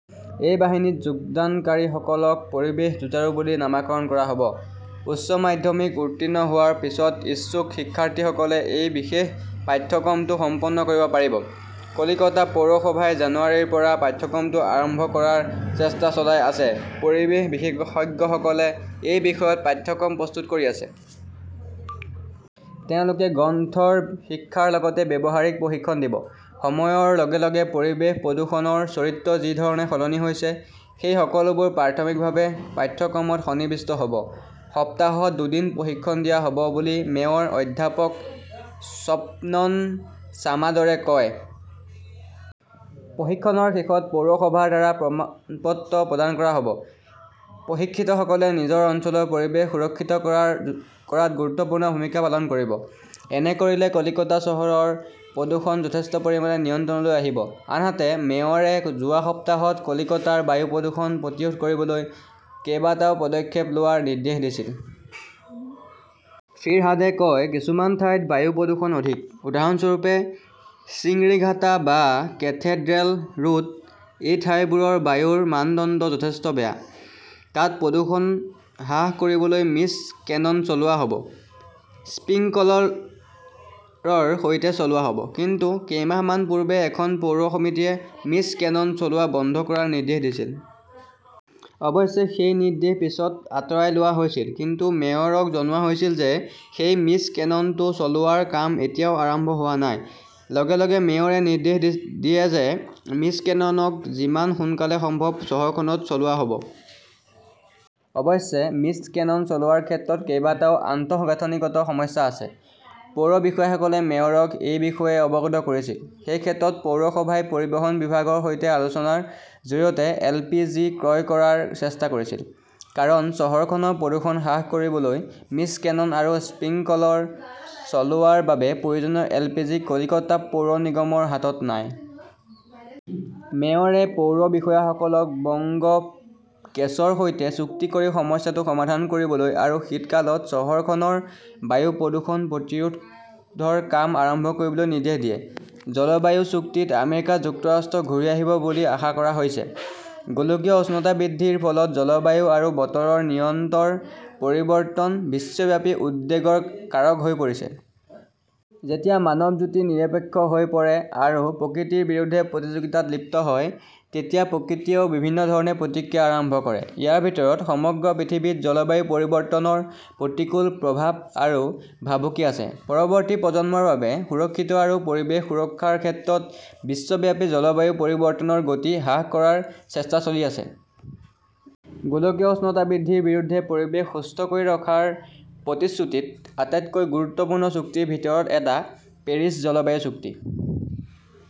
এই বাহিনীত যোগদানকাৰীসকলক 'পৰিৱেশ যুঁজাৰু' বুলি নামকৰণ কৰা হ'ব। উচ্চ মাধ্যমিক উত্তীৰ্ণ হোৱাৰ পিছত ইচ্ছুক শিক্ষাৰ্থীসকলে এই বিশেষ পাঠ্যক্ৰমটো সম্পন্ন কৰিব পাৰিব। কলিকাতা পৌৰসভাই জানুৱাৰীৰ পৰা পাঠ্যক্ৰমটো আৰম্ভ কৰাৰ চেষ্টা চলাই আছে। পৰিৱেশ বিশেষজ্ঞসকলে এই বিষয়ত পাঠ্যক্ৰম প্ৰস্তুত কৰি আছে। তেওঁলোকে গ্ৰন্থৰ শিক্ষাৰ লগতে ব্যৱহাৰিক প্ৰশিক্ষণ দিব। সময়ৰ লগে লগে পৰিৱেশ প্ৰদূষণৰ চৰিত্ৰ যি ধৰণে সলনি হৈছে, সেই সকলোবোৰ প্ৰাথমিকভাৱে পাঠ্যক্ৰমত সন্নিৱিষ্ট হব। সপ্তাহত দুদিন প্ৰশিক্ষণ দিয়া হ'ব বুলি মেয়ৰ অধ্যাপক স্বপন ছামাদৰে কয়। প্ৰশিক্ষণৰ শেষত পৌৰসভাৰ দ্বাৰা প্ৰমাণপত্ৰ প্ৰদান কৰা হ 'ব। প্ৰশিক্ষিতসকলে নিজৰ অঞ্চলৰ পৰিৱেশ সুৰক্ষিত কৰাত গুৰুত্বপূৰ্ণ ভূমিকা পালন কৰিব। এনে কৰিলে কলিকাতা চহৰৰ প্ৰদূষণ যথেষ্ট পৰিমাণে নিয়ন্ত্ৰণলৈ আহিব। আনহাতে, মেয়ৰে যোৱা সপ্তাহত কলিকাতাৰ বায়ু প্ৰদূষণ প্ৰতিৰোধ কৰিবলৈ কেইবাটাও পদক্ষেপ লোৱাৰ নিৰ্দেশ দিছিল। ফিৰহাদে কয় "কিছুমান ঠাইত বায়ু প্ৰদূষণ অধিক", । উদাহৰণস্বৰূপে, চিংৰিঘাটা বা কেথেড্ৰেল ৰোড। এই ঠাইবোৰৰ বায়ুৰ মানদণ্ড যথেষ্ট বেয়া। তাত প্ৰদূষণ হ্ৰাস কৰিবলৈ মিষ্ট কেনন চলোৱা হ'ব। স্প্ৰিংকলৰৰ সৈতে চলোৱা হ'ব। কিন্তু কেইমাহমান পূৰ্বে এখন পৌৰ সমিতিয়ে মিষ্ট কেনন চলোৱা বন্ধ কৰাৰ নিৰ্দেশ দিছিল। অৱশ্যে, সেই নিৰ্দেশ পিছত আঁতৰাই লোৱা হৈছিল। কিন্তু মেয়ৰক জনোৱা হৈছিল যে সেই মিষ্ট কেননটো চলোৱাৰ কাম এতিয়াও আৰম্ভ হোৱা নাই। লগে লগে মেয়ৰে নিৰ্দেশ দিয়ে যে মিষ্ট কেননক যিমান সোনকালে সম্ভৱ চহৰখনত চলোৱা হ 'ব। অৱশ্যে মিষ্ট কেনন চলোৱাৰ ক্ষেত্ৰত কেইবাটাও আন্তঃগাঁথনিগত সমস্যা আছে। পৌৰ বিষয়াসকলে মেয়ৰক এই বিষয়ে অৱগত কৰিছিল। সেই ক্ষেত্ৰত পৌৰসভাই পৰিবহণ বিভাগৰ সৈতে আলোচনাৰ জৰিয়তে এলপিজি ক্ৰয় কৰাৰ চেষ্টা কৰিছিল। কাৰণ চহৰখনৰ প্ৰদূষণ হ্ৰাস কৰিবলৈ মিষ্ট কেনন আৰু স্প্ৰিংকলৰ চলোৱাৰ বাবে প্ৰয়োজনীয় এলপিজি কলিকাতা পৌৰ নিগমৰ হাতত নাই। মেয়ৰে পৌৰ বিষয়াসকলক বংগ গেছৰ সৈতে চুক্তি কৰি সমস্যাটো সমাধান কৰিবলৈ আৰু শীতকালত চহৰখনৰ বায়ু প্ৰদূষণ প্ৰতিৰোধৰ কাম আৰম্ভ কৰিবলৈ নিৰ্দেশ দিয়ে। জলবায়ু চুক্তিত আমেৰিকা যুক্তৰাষ্ট্ৰ ঘূৰি আহিব বুলি আশা কৰা হৈছে। গোলকীয় উষ্ণতা বৃদ্ধিৰ ফলত জলবায়ু আৰু বতৰৰ নিৰন্তৰ পৰিৱৰ্তন বিশ্বব্যাপী উদ্বেগৰ কাৰক হৈ পৰিছে। যেতিয়া মানৱজোতি নিৰপেক্ষ হৈ পৰে আৰু প্ৰকৃতিৰ বিৰুদ্ধে প্ৰতিযোগিতাত লিপ্ত হয়, তেতিয়া প্ৰকৃতিয়েও বিভিন্ন ধৰণে প্ৰতিক্ৰিয়া আৰম্ভ কৰে। ইয়াৰ ভিতৰত সমগ্ৰ পৃথিৱীত জলবায়ু পৰিৱৰ্তনৰ প্ৰতিকূল প্ৰভাৱ আৰু ভাবুকি আছে। পৰৱৰ্তী প্ৰজন্মৰ বাবে সুৰক্ষিত আৰু পৰিৱেশ সুৰক্ষাৰ ক্ষেত্ৰত বিশ্বব্যাপী জলবায়ু পৰিৱৰ্তনৰ গতি হ্ৰাস কৰাৰ চেষ্টা চলি আছে। গোলকীয় উষ্ণতা বৃদ্ধিৰ বিৰুদ্ধে পৰিৱেশ সুস্থ কৰি ৰখাৰ প্ৰতিশ্ৰুতিত আটাইতকৈ গুৰুত্বপূৰ্ণ চুক্তিৰ ভিতৰত এটা, পেৰিছ জলবায়ু চুক্তি ।